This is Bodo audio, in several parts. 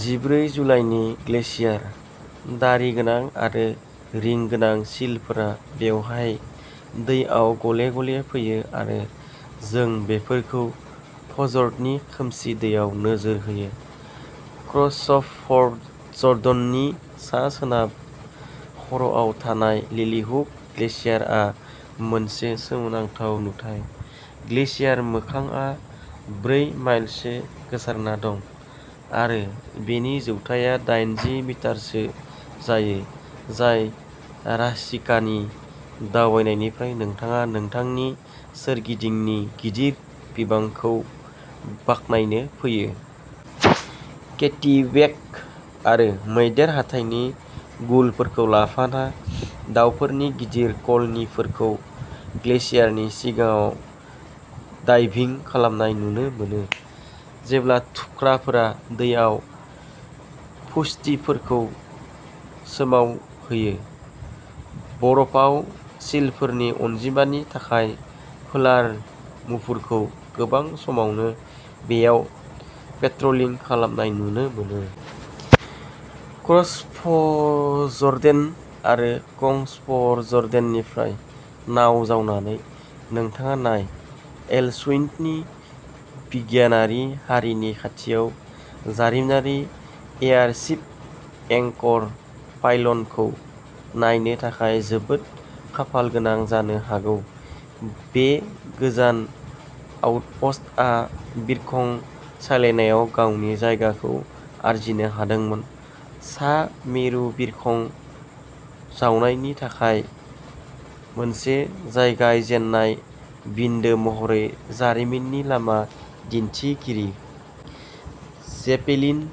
जिब्रै जुलाइनि ग्लेसियार। दारि गोनां आरो रिं गोनां सिलफोरा बेवहाय दैआव गले-गले फैयो आरो जों बेफोरखौ फ'जर्डनि खोमसि दैयाव नोजोर होयो। क्र'सफ'जर्डननि सा-सोनाब खर'आव थानाय लिलिहुक ग्लेसियारआ मोनसे सोमोनांथाव नुथाय। ग्लेसियार मोखांआ ब्रै माइलसो गोसारना दं आरो बेनि जौथाइया दाइनजि मिटारसो जायो जाय राशिकानि दावबायनायनिफ्राय नोंथाङा नोंथांनि सोरगिदिंनि गिदिर बिबांखौ बाखनायनो फैयो। किटिवेक आरो मैदेर हाथाइनि गुलफोरखौ लाफाना दावफोरनि गिदिर कल'निफोरखौ ग्लेसियारनि सिगाङाव डाइभिं खालामनाय नुनो मोनो, जेब्ला थुख्राफोरा दैआव पुष्टिफोरखौ सोमावहोयो। बरफाव सिलफोरनि अनजिमानि थाखाय पोलार मुफुरखौ गोबां समावनो बेयाव पेट्रलिं खालामनाय नुनो मोनो। क्र'सफ'जर्डेन आरो कंस्फ'जर्डेननिफ्राय नाव जावनानै, नोंथाङा नाय एलसुन्डनि बिगियानारि हारिनि खाथियाव जारिमिनारि एयारशिप एंकर पाइल'नखौ नायनो थाखाय जोबोद खाफालगोनां जानो हागौ। बे गोजान आउटप'स्टआ बिरखं सालायनायाव गावनि जायगाखौ आरजिनो हादोंमोन। सा-मेरु बिरखं जावनायनि थाखाय मोनसे जागायजेननाय बिन्दो महरै जारिमिननि लामा दिन्थिगिरि। जेपेलिन,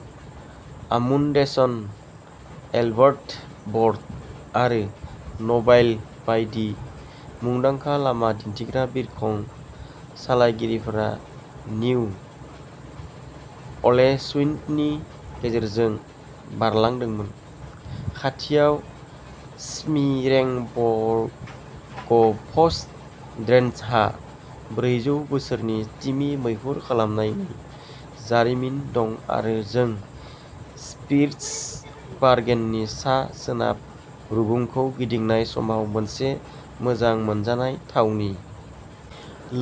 आमुन्डसेन, एल्सवर्थ, बर्ड आरो न'बाइल बायदि मुंदांखा लामा दिन्थिग्रा बिरखं सालायगिरिफोरा निउ अलेसुन्डनि गेजेरजों बारलांदोंमोन। खाथियाव, स्मीरेंबर्गफज'र्डेनहा ब्रैजौ बोसोरनि तिमि मैहुर खालामनायनि जारिमिन दं आरो जों स्पिट्सबार्गेननि सा-सोनाब रुगुंखौ गिदिंनाय समाव मोनसे मोजां मोनजानाय थावनि।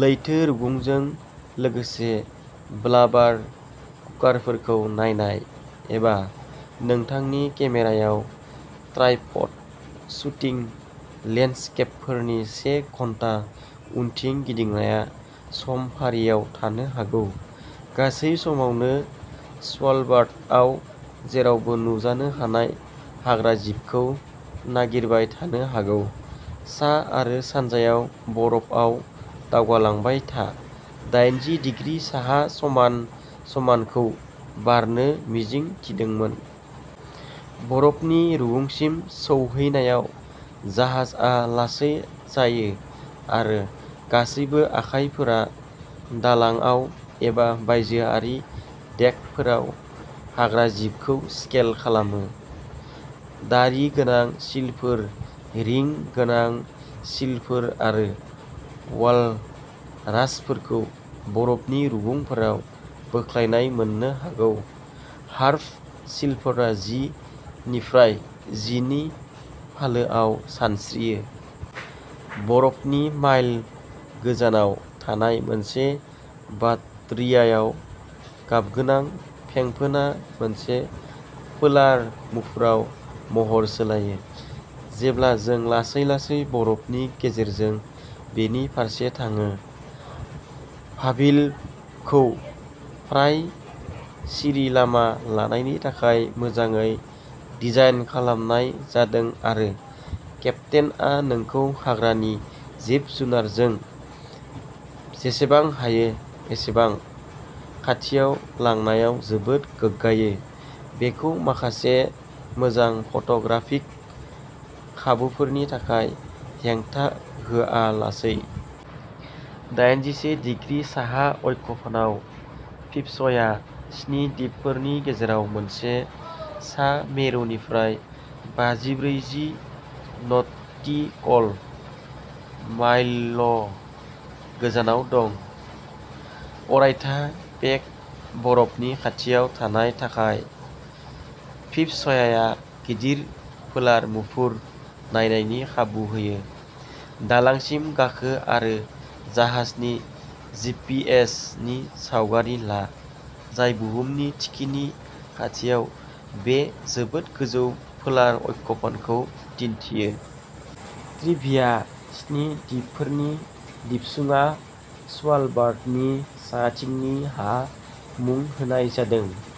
लैथो रुगुंजों लोगोसे ब्लाबार कुकारफोरखौ नायनाय, एबा नोंथांनि केमेरायाव ट्राइपड शुटिं लेन्डस्केपफोरनि से घन्टा उनथिं गिदिंनाया समफारियाव थानो हागौ, गासै समावनो स्वालबार्डआव जेरावबो नुजानो हानाय हाग्राजिबखौ नागिरबाय थानो हागौ। सा आरो सानजायाव बरफआव दावगालांबाय था, दाइनजि डिग्रि साहा समान समानखौ बारनो मिजिं थिदोंमोन। बरफनि रुगुंसिम सौहैनायाव जाहाजआ लासै जायो आरो गासैबो आखाइफोरा दालांआव एबा बायजोआरि देकफोराव हाग्राजिबखौ स्केन खालामो। दारि गोनां सिलफोर, रिं गोनां सिलफोर आरो वालरासफोरखौ बरफनि रुगुंफोराव बोख्लायनाय मोननो हागौ। हार्प सिलफोरा जि निफ्राय जि नि फालोआव सानस्रियो। बरफनि माइल गोजानाव थानाय मोनसे बाटरियाव गाबगोनां फेंफोना मोनसे पोलार मुफुराव महर सोलायो, जेब्ला जों लासै-लासै बरफनि गेजेरजों बेनि फारसे थाङो। भाभिलभखौ फ्राय सिरि लामा लानायनि थाखाय मोजाङै डिजाइन खालामनाय जादों आरो केप्तेनआ नोंखौ हाग्रानि जिब-जुनारजों जेसेबां हायो एसेबां खाथियाव लांनायाव जोबोद गोग्गायो, बेखौ माखासे मोजां फट'ग्राफिक खाबुफोरनि थाखाय हेंथा होआलासै। दाइनजिसे डिग्री साहा अक्षफानाव, फिप्स'या-स्नि दिपफोरनि गेजेराव मोनसे सा मेरुनिफ्राय बाजौब्रैजि नटिकल माइलल'गोजानाव दं। अरायथा पेक बरफनि खाथियाव थानायनि थाखाय, फिप्स'याया गिदिर पोलार मुफुर नायनायनि खाबु होयो। दालांसिम गाखो आरो जाहाजनि जिपिएस नि सावगारि ला, जाय बुहुमनि थिखिनि खाथियाव बे जोबोद गोजौ पोलार अक्षफानखौ दिन्थियो। ट्रिभिया स्नि दिपफोरनि दिपसुङा स्वालबार्डनि साहाथिंनि हा मुं होनाय जादों।